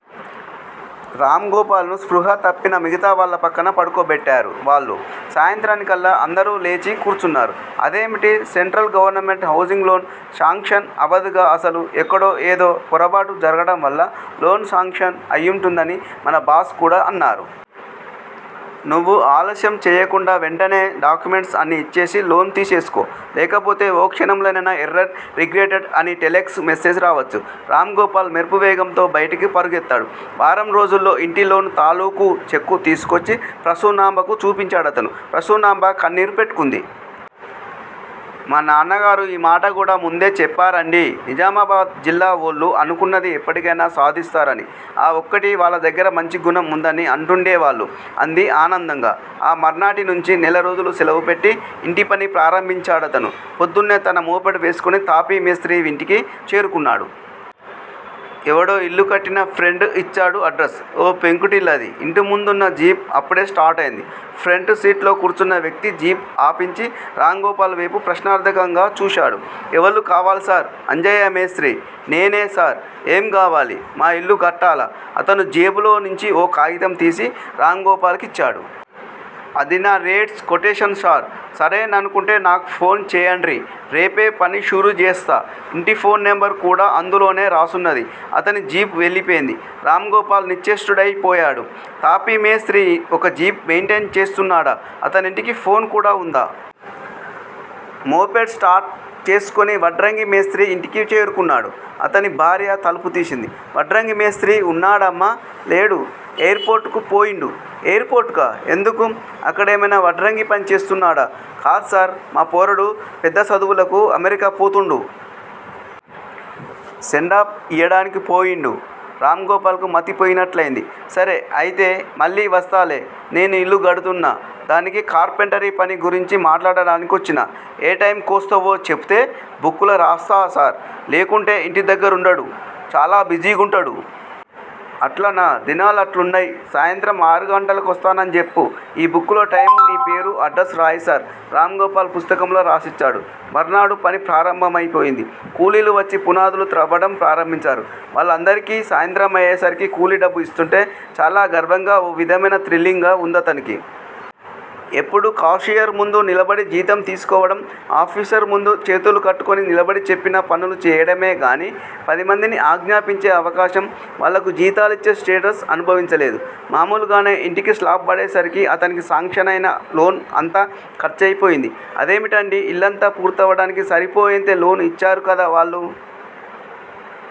రామ్ గోపాల్ ను స్పృహ తప్పిన మిగతావాళ్ళ పక్కన పడుకోబెట్టారు వాళ్ళు. సాయంత్రానికల్లా అందరూ లేచి కూర్చున్నారు. అదేమిటి? Central government housing loan sanction అవదుగా అసలు? ఎక్కడో ఏదో పొరబాటు జరగడం వల్ల లోన్ శాంక్షన్ అయుంటుందని మన బాస్ కూడా అన్నారు. నువ్వు ఆలస్యం చెయ్యకుండా వెంటనే డాక్యుమెంట్స్ అన్నీ ఇచ్చేసి లోన్ తీసేసుకో. లేకపోతే ఓ క్షణంలోనైనా ఎర్రర్ రిగ్రెటెడ్ అని టెలెక్స్ మెసేజ్ రావచ్చు- రామ్ గోపాల్ మెరుపువేగంతో బయటకు పరుగెత్తాడు. వారంరోజుల్లో ఇంటి లోన్ తాలూకూ చెక్కు తీసుకొచ్చి ప్రసూనాంబకు చూపించాడతను. ప్రసూనాంబ కన్నీరు పెట్టుకుంది. మా నాన్నగారు ఈ మాట కూడా ముందే చెప్పారండీ! నిజామాబాద్ జిల్లా వోళ్ళు అనుకున్నది ఎప్పటికైనా సాధిస్తారని, ఆ ఒక్కటీ వాళ్ళ దగ్గర మంచి గుణం ఉందని అంటూండేవాళ్ళు అంది ఆనందంగా. ఆ మర్నాటినుంచీ నెల రోజులు సెలవుపెట్టి ఇంటి పని ప్రారంభించాడతను. పొద్దున్నే తన మోపెడ్ వేసుకుని తాపీ మేస్త్రీ ఇంటికి చేరుకున్నాడు. ఎవడో ఇల్లు కట్టిన ఫ్రెండ్ ఇచ్చాడు అడ్రస్. ఓ పెంకుటిల్లది. ఇంటి ముందున్న జీప్ అప్పుడే స్టార్టయింది. ఫ్రంట్ సీట్లో కూర్చున్న వ్యక్తి జీప్ ఆపించి, రామ్ గోపాల్ వేపు ప్రశ్నార్థకంగా చూశాడు. ఎవళ్ళు కావాల్సార్? అంజయ్య మేస్త్రి నేనే సార్! ఏం గావాలి? మా ఇల్లు కట్టాల అతను జేబులోనుంచి ఓ కాగితం తీసి రామ్ గోపాల్ కిచ్చాడు. అది నా రేట్స్ కొటేషన్ సార్! సరేననుకుంటే నాకు ఫోన్ జేయండ్రి! రేపే పని షురుజేస్త. ఇంటి ఫోన్ నెంబర్ కూడా అందులోనే రాసున్నది అతని జీప్ వెళ్ళిపోయింది. రామ్ గోపాల్ నిశ్చేష్టుడైపోయాడు. తాపీ మేస్త్రీ ఒక జీప్ మెయింటెయిన్ చేస్తున్నాడా? అతనింటికి ఫోన్ కూడా ఉందా? మోపెడ్ స్టార్ట్ చేసుకుని వడ్రంగి మేస్త్రీ ఇంటికి చేరుకున్నాడు. అతని భార్య తలుపు తీసింది. వడ్రంగి మేస్త్రీ ఉన్నాడామ్మా? లేడు. ఎయిర్ పోర్ట్ కి పోయిండు ఎయిర్ పోర్టుకా? ఎందుకు? అక్కడేమయినా వడ్రంగి పని చేస్తున్నాడా? కాద్సార్! మా పోరడు పెద్ద సదువులకు అమెరికా పోతుండు. సెండాఫ్ ఇయ్యడానికి పోయిండు. రామ్ గోపాల్ కు మతి పోయినట్లయింది. సరే! అయితే మళ్ళీ వస్తాలే. నేను ఇల్లు కడుతున్నా! దానికి కార్పెంటరీ పని గురించి మాట్లాడాని కొచ్చినా ఏ టైమ్ కొస్తవో జెప్తే బుక్ లో రాస్తా సార్! లేకుంటే ఇంటి దగ్గరుండడు. చాలా బిజీగుంటడు. అట్లనా! దినాలట్లున్నయ్, సాయంత్రం ఆరు గంటల కొస్తానన్జెప్పు ఈ బుక్ లో టైమూ, నీ పేరూ అడ్రసూ రాయ్ సార్ రామ్ గోపాల్ పుస్తకంలో రాసిచ్చాడు. మర్నాడు పని ప్రారంభమైపోయింది. కూలీలు వచ్చి పునాదులు త్రవ్వడం ప్రారంభించారు. వాళ్ళందరికీ సాయంత్రమయ్యేసరికి కూలీ డబ్బు ఇస్తోంటే చాలా గర్వంగా, ఓ విధమైన థ్రిల్లింగ్ గా ఉందతనికి. ఎప్పుడూ కాషియర్ ముందు నిలబడి జీతం తీసుకోవడం, ఆఫీసర్ ముందు చేతులు కట్టుకుని నిలబడి చెప్పిన పనులు చేయడమేగానీ, పదిమందిని ఆజ్ఞాపించే అవకాశం, వాళ్ళకు జీతాలిచ్చే స్టేటస్ అనుభవించలేదు. మామూలుగానే ఇంటికి స్లాబ్ పడేసరికి అతనికి శాంక్షన్ అయిన లోన్ అంతా ఖర్చయిపోయింది. అదేమిటండీ! ఇల్లంతా పూర్తవడానికి సరిపోయేంత లోన్ ఇచ్చారు కదా వాళ్ళు?